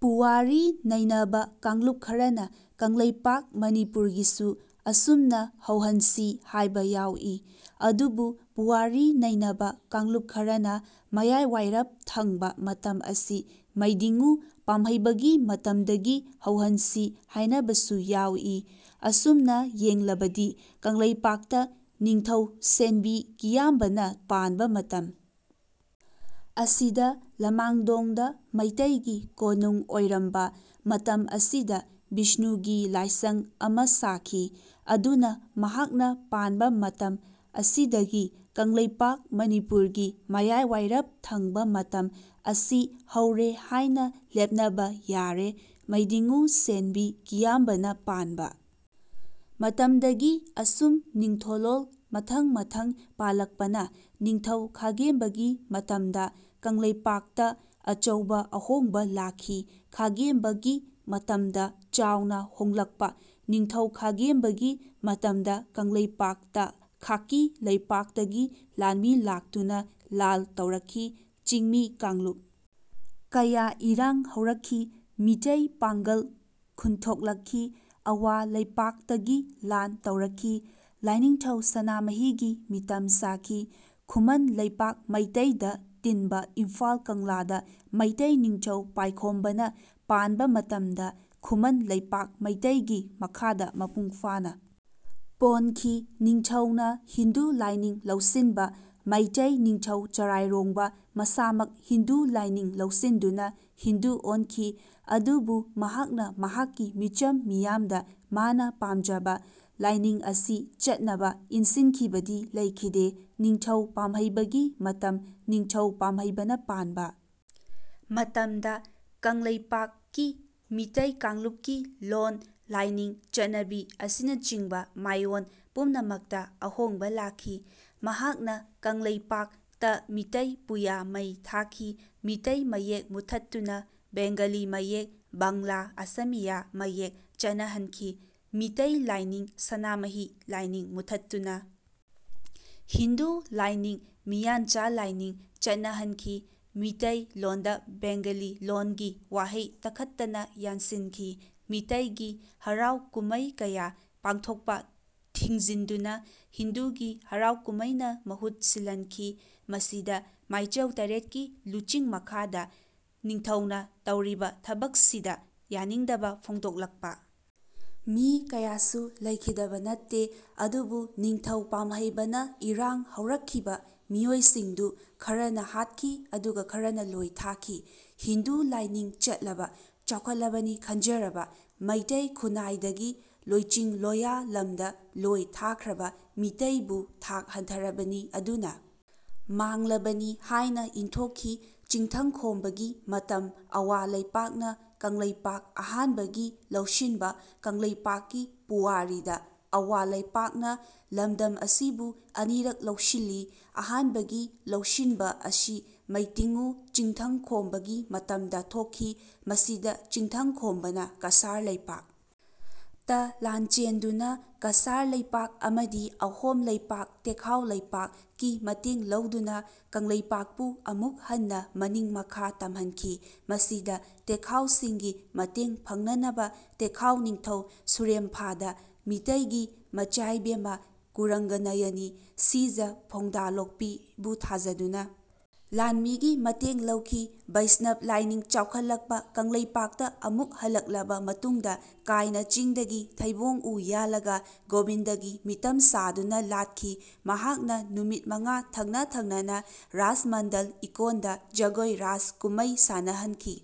ꯄꯨꯋꯥꯔꯤ ꯅꯩꯅꯕ ꯀꯥꯡꯂꯨꯞ ꯈꯔꯅ ꯀꯪꯂꯩꯄꯥꯛ ꯃꯅꯤꯄꯨꯔꯒꯤꯁꯨ ꯑꯁꯨꯝꯅ ꯍꯧꯍꯟꯁꯤ ꯍꯥꯢꯕ ꯌꯥꯎꯏ꯫ ꯑꯗꯨꯕꯨ ꯄꯨꯋꯥꯔꯤ ꯅꯩꯅꯕ ꯀꯥꯡꯂꯨꯞ ꯈꯔꯅ ꯃꯌꯥꯢꯋꯥꯢꯔꯞ ꯊꯪꯕ ꯃꯇꯝ ꯑꯁꯤ ꯃꯩꯗꯤꯡꯉꯨ ꯄꯥꯝꯍꯩꯕꯒꯤ ꯃꯇꯝꯗꯒꯤ ꯍꯧꯍꯟꯁꯤ ꯍꯥꯢꯅꯕꯁꯨ ꯌꯥꯎꯏ꯫ ꯑꯁꯨꯝꯅ ꯌꯦꯡꯂꯕꯗꯤ ꯀꯪꯂꯩꯄꯥꯛꯇ ꯅꯤꯡꯊꯧ ꯁꯦꯟꯕꯤ ꯀꯤꯌꯥꯝꯕꯅ ꯄꯥꯟꯕ ꯃꯇꯝ ꯑꯁꯤꯗ ꯂꯃꯥꯡꯗꯣꯡ ꯗ ꯃꯩꯇꯩ ꯒꯤ ꯀꯣꯅꯨꯡ ꯑꯣꯢꯔꯝꯕ ꯃꯇꯝ ꯑꯁꯤꯗ ꯚꯤꯁꯅꯨꯒꯤ ꯂꯥꯢꯁꯪ ꯑꯃ ꯁꯥꯈꯤ꯫ ꯑꯗꯨꯅ ꯃꯍꯥꯛꯅ ꯄꯥꯟꯕ ꯃꯇꯝ ꯑꯁꯤ ꯗꯒꯤ ꯀꯪꯂꯩꯄꯥꯛ ꯃꯅꯤꯄꯨꯔꯒꯤ ꯃꯌꯥꯢꯋꯥꯢꯔꯞ ꯊꯪꯕ ꯃꯇꯝ ꯑꯁꯤ ꯍꯧꯔꯦ ꯍꯥꯢꯅ ꯂꯦꯞꯅꯕ ꯌꯥꯔꯦ꯫ ꯃꯩꯗꯤꯡꯉꯨ ꯁꯦꯟꯕꯤ ꯀꯤꯌꯥꯝꯕꯅ ꯄꯥꯟꯕ ꯃꯇꯝꯗꯒꯤ ꯑꯁꯨꯝ ꯅꯤꯡꯊꯣꯂꯣꯜ ꯃꯊꯪ ꯃꯊꯪ ꯄꯥꯜꯂꯛꯄꯅ ꯅꯤꯡꯊꯧ ꯈꯥꯒꯦꯝꯕꯒꯤ ꯃꯇꯝꯗ ꯀꯪꯂꯩꯄꯥꯛ ꯇ ꯑꯆꯧꯕ ꯑꯍꯣꯡꯕ ꯂꯥꯛꯈꯤ꯫ ꯈꯥꯒꯦꯝꯕ ꯒꯤ ꯃꯇꯝꯗ ꯆꯥꯎꯅ ꯍꯣꯡꯂꯛꯄ ꯅꯤꯡꯊꯧ ꯈꯥꯒꯦꯝꯕꯒꯤ ꯃꯇꯝꯗ ꯀꯪꯂꯩꯄꯥꯛ ꯇ ꯈꯥꯀꯤ ꯂꯩꯄꯥꯛ ꯇꯒꯤ ꯂꯥꯟꯃꯤ ꯂꯥꯛꯇꯨꯅ ꯂꯥꯜ ꯇꯧꯔꯛꯈꯤ꯫ ꯆꯤꯡꯃꯤ ꯀꯥꯡꯂꯨꯞ ꯀꯌꯥ ꯏꯔꯥꯡ ꯍꯧꯔꯛꯈꯤ꯫ ꯃꯤꯇꯩ ꯄꯥꯡꯒꯜ ꯈꯨꯟꯊꯣꯛꯂꯛꯈꯤ꯫ ꯑꯋꯥ ꯂꯩꯄꯥꯛ ꯇꯒꯤ ꯂꯥꯟ ꯇꯧꯔꯛꯈꯤ꯫ ꯂꯥꯢꯅꯤꯡꯊꯧ ꯁꯅꯥꯃꯍꯤꯒꯤ ꯃꯤꯇꯝ ꯁꯥꯈꯤ꯫ ꯈꯨꯃꯟ ꯂꯩꯄꯥꯛ ꯃꯩꯇꯩ ꯗ ꯇꯤꯟꯕ ꯏꯝꯐꯥꯜ ꯀꯪꯂꯥꯗ ꯃꯩꯇꯩ ꯅꯤꯡꯊꯧ ꯄꯥꯢꯈꯣꯝꯕꯅ ꯄꯥꯟꯕ ꯃꯇꯝꯗ ꯈꯨꯃꯟ ꯂꯩꯄꯥꯛ ꯃꯩꯇꯩꯒꯤ ꯃꯈꯥꯗ ꯃꯄꯨꯡ ꯐꯥꯅ ꯄꯣꯟꯈꯤ꯫ ꯅꯤꯡꯊꯧ ꯅ ꯍꯤꯟꯗꯨ ꯂꯥꯢꯅꯤꯡ ꯂꯧꯁꯤꯟꯕ ꯃꯩꯇꯩ ꯅꯤꯡꯊꯧ ꯆꯔꯥꯢꯔꯣꯡꯕ ꯃꯁꯥꯃꯛ ꯍꯤꯟꯗꯨ ꯂꯥꯢꯅꯤꯡ ꯂꯧꯁꯤꯟꯗꯨꯅ ꯍꯤꯟꯗꯨ ꯑꯣꯟꯈꯤ꯫ ꯑꯗꯨꯕꯨ ꯃꯍꯥꯛꯅ ꯃꯍꯥꯛꯀꯤ ꯃꯤꯆꯝ ꯃꯤꯌꯥꯝꯗ ꯃꯥꯅ ꯄꯥꯝꯖꯕ ꯂꯥꯢꯅꯤꯡ ꯑꯁꯤ ꯆꯠꯅꯕ ꯏꯟꯁꯤꯟꯈꯤꯕꯗꯤ ꯂꯩꯈꯤꯗꯦ꯫ ꯅꯤꯡꯊꯧ ꯄꯥꯝꯍꯩꯕꯒꯤ ꯃꯇꯝ ꯅꯤꯡꯊꯧ ꯄꯥꯝꯍꯩꯕꯅ ꯄꯥꯟꯕ ꯃꯇꯝꯗ ꯀꯪꯂꯩꯄꯥꯛ ꯀꯤ ꯃꯤꯇꯩ ꯀꯥꯡꯂꯨꯞꯀꯤ ꯂꯣꯟ, ꯂꯥꯢꯅꯤꯡ, ꯆꯠꯅꯕꯤ ꯑꯁꯤꯅꯆꯤꯡꯕ ꯃꯥꯢꯑꯣꯟ ꯄꯨꯝꯅꯃꯛꯇ ꯑꯍꯣꯡꯕ ꯂꯥꯛꯈꯤ꯫ ꯃꯍꯥꯛꯅ ꯀꯪꯂꯩꯄꯥꯛ ꯇ ꯃꯤꯇꯩ ꯄꯨꯌꯥ ꯃꯩ ꯊꯥꯈꯤ꯫ ꯃꯤꯇꯩ ꯃꯌꯦꯛ ꯃꯨꯊꯠꯇꯨꯅ ꯕꯦꯡꯒꯂꯤ ꯃꯌꯦꯛ (ꯕꯥꯡꯂꯥ-ꯑꯁꯃꯤꯌꯥ ꯃꯌꯦꯛ) ꯆꯠꯅꯍꯟꯈꯤ꯫ ꯃꯤꯇꯩ ꯂꯥꯢꯅꯤꯡ (ꯁꯅꯥꯃꯍꯤ ꯂꯥꯏꯅꯤꯡ) ꯃꯨꯊꯠꯇꯨꯅ ꯍꯤꯟꯗꯨ ꯂꯥꯢꯅꯤꯡ (ꯃꯤꯌꯥꯟꯆꯥ ꯂꯥꯢꯅꯤꯡ) ꯆꯠꯅꯍꯟꯈꯤ꯫ ꯃꯤꯇꯩ ꯂꯣꯟꯗ ꯕꯦꯡꯒꯂꯤ ꯂꯣꯟꯒꯤ ꯋꯥꯍꯩ ꯇꯈꯠꯇꯅ ꯌꯥꯟꯁꯤꯟꯈꯤ꯫ ꯃꯤꯇꯩꯒꯤ ꯍꯔꯥꯎ ꯀꯨꯝꯃꯩ ꯀꯌꯥ ꯄꯥꯡꯊꯣꯛꯄ ꯊꯤꯡꯖꯤꯟꯗꯨꯅ ꯍꯤꯟꯗꯨꯒꯤ ꯍꯔꯥꯎ ꯀꯨꯝꯃꯩꯅ ꯃꯍꯨꯠ ꯁꯤꯜꯍꯟꯈꯤ꯫ ꯃꯁꯤꯗ ꯃꯥꯢꯆꯧ ꯇꯔꯦꯠꯀꯤ ꯂꯨꯆꯤꯡ ꯃꯈꯥꯗ ꯅꯤꯡꯊꯧꯅ ꯇꯧꯔꯤꯕ ꯊꯕꯛꯁꯤꯗ ꯌꯥꯅꯤꯡꯗꯕ ꯐꯣꯡꯗꯣꯛꯂꯛꯄ ꯃꯤ ꯀꯌꯥꯁꯨ ꯂꯩꯈꯤꯗꯕ ꯅꯠꯇꯦ꯫ ꯑꯗꯨꯕꯨ ꯅꯤꯡꯊꯧ ꯄꯥꯝꯍꯩꯕꯅ ꯏꯔꯥꯡ ꯍꯧꯔꯛꯈꯤꯕ ꯃꯤꯑꯣꯢꯁꯤꯡꯗꯨ ꯈꯔꯅ ꯍꯥꯠꯈꯤ ꯑꯗꯨꯒ ꯈꯔꯅ ꯂꯣꯢ ꯊꯥꯈꯤ꯫ ꯍꯤꯟꯗꯨ ꯂꯥꯢꯅꯤꯡ ꯆꯠꯂꯕ (ꯆꯥꯎꯈꯠꯂꯕꯅꯤ ꯈꯟꯖꯔꯕ) ꯃꯩꯇꯩ ꯈꯨꯟꯅꯥꯢ ꯗꯒꯤ ꯂꯣꯢꯆꯤꯡ ꯂꯣꯌꯥ ꯂꯝꯗ ꯂꯣꯢ ꯊꯥꯈ꯭ꯔꯕ ꯃꯤꯇꯩꯕꯨ ꯊꯥꯛ ꯍꯟꯊꯔꯕꯅꯤ ꯑꯗꯨꯅ ꯃꯥꯡꯂꯕꯅꯤ ꯍꯥꯢꯅ ꯏꯟꯊꯣꯛꯈꯤ꯫ ꯆꯤꯡꯊꯪ ꯈꯣꯝꯕꯒꯤ ꯃꯇꯝ ꯑꯋꯥ ꯂꯩꯄꯥꯛꯅ ꯀꯪꯂꯩꯄꯥꯛ ꯑꯍꯥꯟꯕꯒꯤ ꯂꯧꯁꯤꯟꯕ ꯀꯪꯂꯩꯄꯥꯛꯀꯤ ꯄꯨꯋꯥꯔꯤꯗ ꯑꯋꯥ ꯂꯩꯄꯥꯛ ꯅ ꯂꯝꯗꯝ ꯑꯁꯤꯕꯨ ꯑꯅꯤꯔꯛ ꯂꯧꯁꯤꯜꯂꯤ꯫ ꯑꯍꯥꯟꯕꯒꯤ ꯂꯧꯁꯤꯟꯕ ꯑꯁꯤ ꯃꯩꯇꯤꯡꯉꯨ ꯆꯤꯡꯊꯪ ꯈꯣꯝꯕꯒꯤ ꯃꯇꯝꯗ ꯊꯣꯛꯈꯤ꯫ ꯃꯁꯤꯗ ꯆꯤꯡꯊꯪ ꯈꯣꯝꯕꯅ ꯀꯁꯥꯔ ꯂꯩꯄꯥꯛ ꯇ ꯂꯥꯟꯆꯦꯟꯗꯨꯅ ꯀꯁꯥꯔ ꯂꯩꯄꯥꯛ ꯑꯃꯗꯤ ꯑꯍꯣꯝ ꯂꯩꯄꯥꯛ (ꯇꯦꯈꯥꯎ ꯂꯩꯄꯥꯛ) ꯀꯤ ꯃꯇꯦꯡ ꯂꯧꯗꯨꯅ ꯀꯪꯂꯩꯄꯥꯛꯄꯨ ꯑꯃꯨꯛ ꯍꯟꯅ ꯃꯅꯤꯡ ꯃꯈꯥ ꯇꯝꯍꯟꯈꯤ꯫ ꯃꯁꯤꯗ ꯇꯦꯈꯥꯎ ꯁꯤꯡꯒꯤ ꯃꯇꯦꯡ ꯐꯪꯅꯅꯕ ꯇꯦꯈꯥꯎ ꯅꯤꯡꯊꯧ ꯁꯨꯔꯦꯝꯐꯥꯗ ꯃꯤꯇꯩꯒꯤ ꯃꯆꯥꯏꯕꯦꯝꯃ ꯀꯨꯔꯪꯒꯅꯌꯅꯤ (ꯁꯤꯖ ꯐꯣꯡꯗꯥꯂꯣꯛꯄꯤ) ꯕꯨ ꯊꯥꯖꯗꯨꯅ ꯂꯥꯟꯃꯤꯒꯤ ꯃꯇꯦꯡ ꯂꯧꯈꯤ꯫ ꯚꯩꯁꯅꯕ ꯂꯥꯢꯅꯤꯡ ꯆꯥꯎꯈꯠꯂꯛꯄ ꯀꯪꯂꯩꯄꯥꯛꯇ ꯑꯃꯨꯛ ꯍꯜꯂꯛꯂꯕ ꯃꯇꯨꯡꯗ ꯀꯥꯢꯅ ꯆꯤꯡꯗꯒꯤ ꯊꯩꯕꯣꯡ ꯎ ꯌꯥꯜꯂꯒ ꯒꯣꯕꯤꯟꯗꯒꯤ ꯃꯤꯇꯝ ꯁꯥꯗꯨꯅ ꯂꯥꯠꯈꯤ꯫ ꯃꯍꯥꯛꯅ ꯅꯨꯃꯤꯠ ꯃꯉꯥ ꯊꯪꯅ ꯊꯪꯅꯅ ꯔꯥꯁ ꯃꯟꯗꯜ ꯏꯀꯣꯟꯗ ꯖꯒꯣꯢ ꯔꯥꯁ ꯀꯨꯝꯃꯩ ꯁꯥꯅꯍꯟꯈꯤ꯫